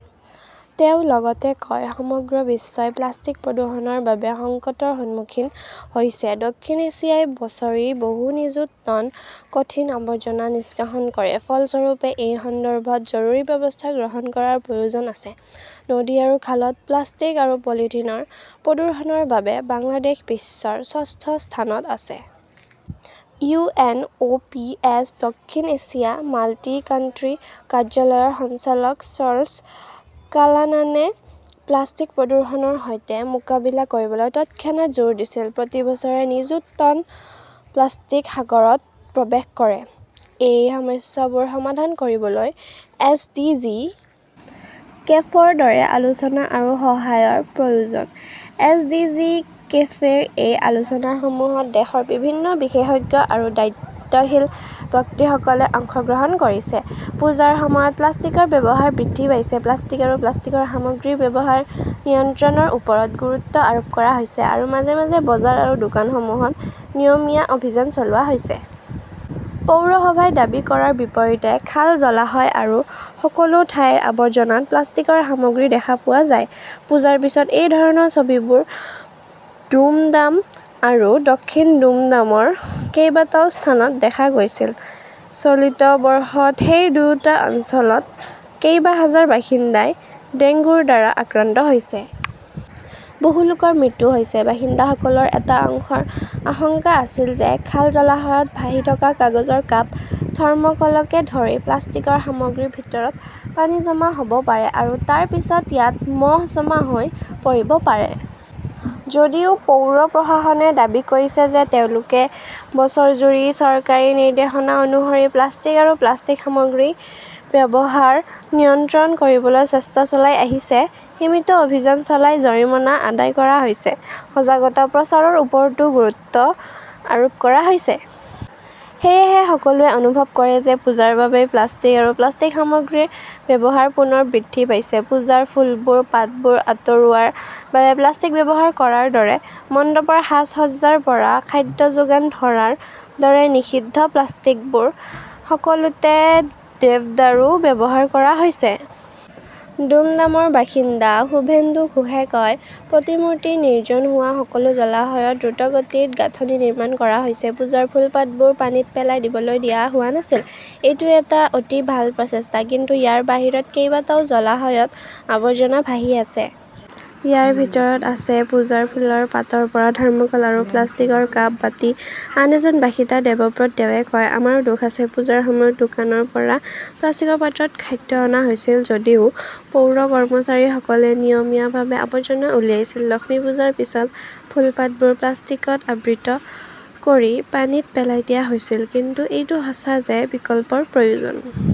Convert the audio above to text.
তেওঁ লগতে কয়, সমগ্ৰ বিশ্বই প্লাষ্টিক প্ৰদূষণৰ বাবে সংকটৰ সন্মুখীন হৈছে। দক্ষিণ এছিয়াই বছৰি বহু নিযুত টন কঠিন আৱৰ্জনা নিষ্কাশন কৰে। ফলস্বৰূপে, এই সন্দৰ্ভত জৰুৰী ব্যৱস্থা গ্ৰহণ কৰাৰ প্ৰয়োজন আছে। নদী আৰু খালত প্লাষ্টিক আৰু পলিথিনৰ প্ৰদূষণৰ বাবে বাংলাদেশ বিশ্বৰ ষষ্ঠ স্থানত আছে। U. N. O. P. S. দক্ষিণ এছিয়া মাল্টি-কান্ট্রী কাৰ্যালয়ৰ সঞ্চালক চাৰ্লছ কালানানে প্লাষ্টিক প্ৰদূষণৰ সৈতে মোকাবিলা কৰিবলৈ তৎক্ষণাত জোৰ দিছিল। প্ৰতি বছৰে নিযুত টন প্লাষ্টিক সাগৰত প্ৰৱেশ কৰে। এই সমস্যাবোৰ সমাধান কৰিবলৈ এছ.ডি.জি. কেফৰ দৰে আলোচনা আৰু সহায়ৰ প্ৰয়োজন। এছ. ডি. জি. কেফেৰ এই আলোচনাসমূহত দেশৰ বিভিন্ন বিশেষজ্ঞ আৰু দায়িত্বশীল ব্যক্তিসকলে অংশগ্ৰহণ কৰিছে। পূজাৰ সময়ত প্লাষ্টিকৰ ব্যৱহাৰ বৃদ্ধি পাইছে। প্লাষ্টিক আৰু প্লাষ্টিকৰ সামগ্ৰীৰ ব্যৱহাৰ নিয়ন্ত্ৰণৰ ওপৰত গুৰুত্ব আৰোপ কৰা হৈছে আৰু মাজে মাজে বজাৰ আৰু দোকানসমূহত নিয়মীয়া অভিযান চলোৱা হৈছে। পৌৰসভাই দাবী কৰাৰ বিপৰীতে খাল, জলাশয়, আৰু সকলো ঠাইৰ আৱৰ্জনাত প্লাষ্টিকৰ সামগ্ৰী দেখা পোৱা যায়। পূজাৰ পিছত, এই ধৰণৰ ছবিবোৰ দুমডাম আৰু দক্ষিণ দুমডামৰ কেইবাটাও স্থানত দেখা গৈছিল। চলিত বৰ্ষত সেই দুয়োটা অঞ্চলত কেইবা হাজাৰ বাসিন্দাই ডেংগুৰ দ্বাৰা আক্ৰান্ত হৈছে। বহু লোকৰ মৃত্যু হৈছে। বাসিন্দাসকলৰ এটা অংশৰ আশংকা আছিল যে খাল, জলাশয়ত ভাহি থকা কাগজৰ কাপ, থৰ্ম'কলকে ধৰি প্লাষ্টিকৰ সামগ্ৰীৰ ভিতৰত পানী জমা হ'ব পাৰে আৰু তাৰ পিছত ইয়াত মহ জমা হৈ পৰিব পাৰে। যদিও পৌৰ প্ৰশাসনে দাবী কৰিছে যে তেওঁলোকে বছৰজুৰি চৰকাৰী নিৰ্দেশনা অনুসৰি প্লাষ্টিক আৰু প্লাষ্টিক সামগ্ৰীৰ ব্যৱহাৰ নিয়ন্ত্ৰণ কৰিবলৈ চেষ্টা চলাই আহিছে। সীমিত অভিযান চলাই জৰিমনা আদায় কৰা হৈছে। সজাগতা প্ৰচাৰৰ ওপৰতো গুৰুত্ব আৰোপ কৰা হৈছে। সেয়েহে সকলোৱে অনুভৱ কৰে যে পূজাৰ বাবেই প্লাষ্টিক আৰু প্লাষ্টিক সামগ্ৰীৰ ব্যৱহাৰ পুনৰ বৃদ্ধি পাইছে। পূজাৰ ফুলবোৰ, পাতবোৰ আঁতৰোৱাৰ বাবে প্লাষ্টিক ব্যৱহাৰ কৰাৰ দৰে, মণ্ডপৰ সাজ-সজ্জাৰ পৰা খাদ্য যোগান ধৰাৰ দৰে নিষিদ্ধ প্লাষ্টিকবোৰ সকলোতে দেৱদাৰু ব্যৱহাৰ কৰা হৈছে। দুমডামৰ বাসিন্দা সুভেন্দু ঘোষে কয়, "প্ৰতিমূৰ্তি নিৰ্জন হোৱা সকলো জলাশয়ত দ্ৰুতগতিত গাঁথনি নিৰ্মাণ কৰা হৈছে। পূজাৰ ফুল-পাতবোৰ পানীত পেলাই দিবলৈ দিয়া হোৱা নাছিল"। এইটো এটা অতি ভাল প্ৰচেষ্টা। কিন্তু ইয়াৰ বাহিৰত কেইবাটাও জলাশয়ত আবৰ্জনা ভাহি আছে। ইয়াৰ ভিতৰত আছে পূজাৰ ফুলৰ পাতৰ পৰা থাৰ্মোকোল আৰু প্লাষ্টিকৰ কাপ, বাটি। আন এজন বাসিন্দা দেৱব্ৰত দেয়ে কয়, "আমাৰো দোষ আছে। পূজাৰ সময়ত দোকানৰ পৰা প্লাষ্টিকৰ পাত্ৰত খাদ্য অনা হৈছিল। যদিও পৌৰ কৰ্মচাৰীসকলে নিয়মীয়াভাৱে আৱৰ্জনা উলিয়াইছিল, লক্ষ্মী পূজাৰ পিছত ফুল-পাতবোৰ প্লাষ্টিকত আবৃত কৰি পানীত পেলাই দিয়া হৈছিল। কিন্তু এইটো সঁচা যে বিকল্পৰ প্ৰয়োজন"।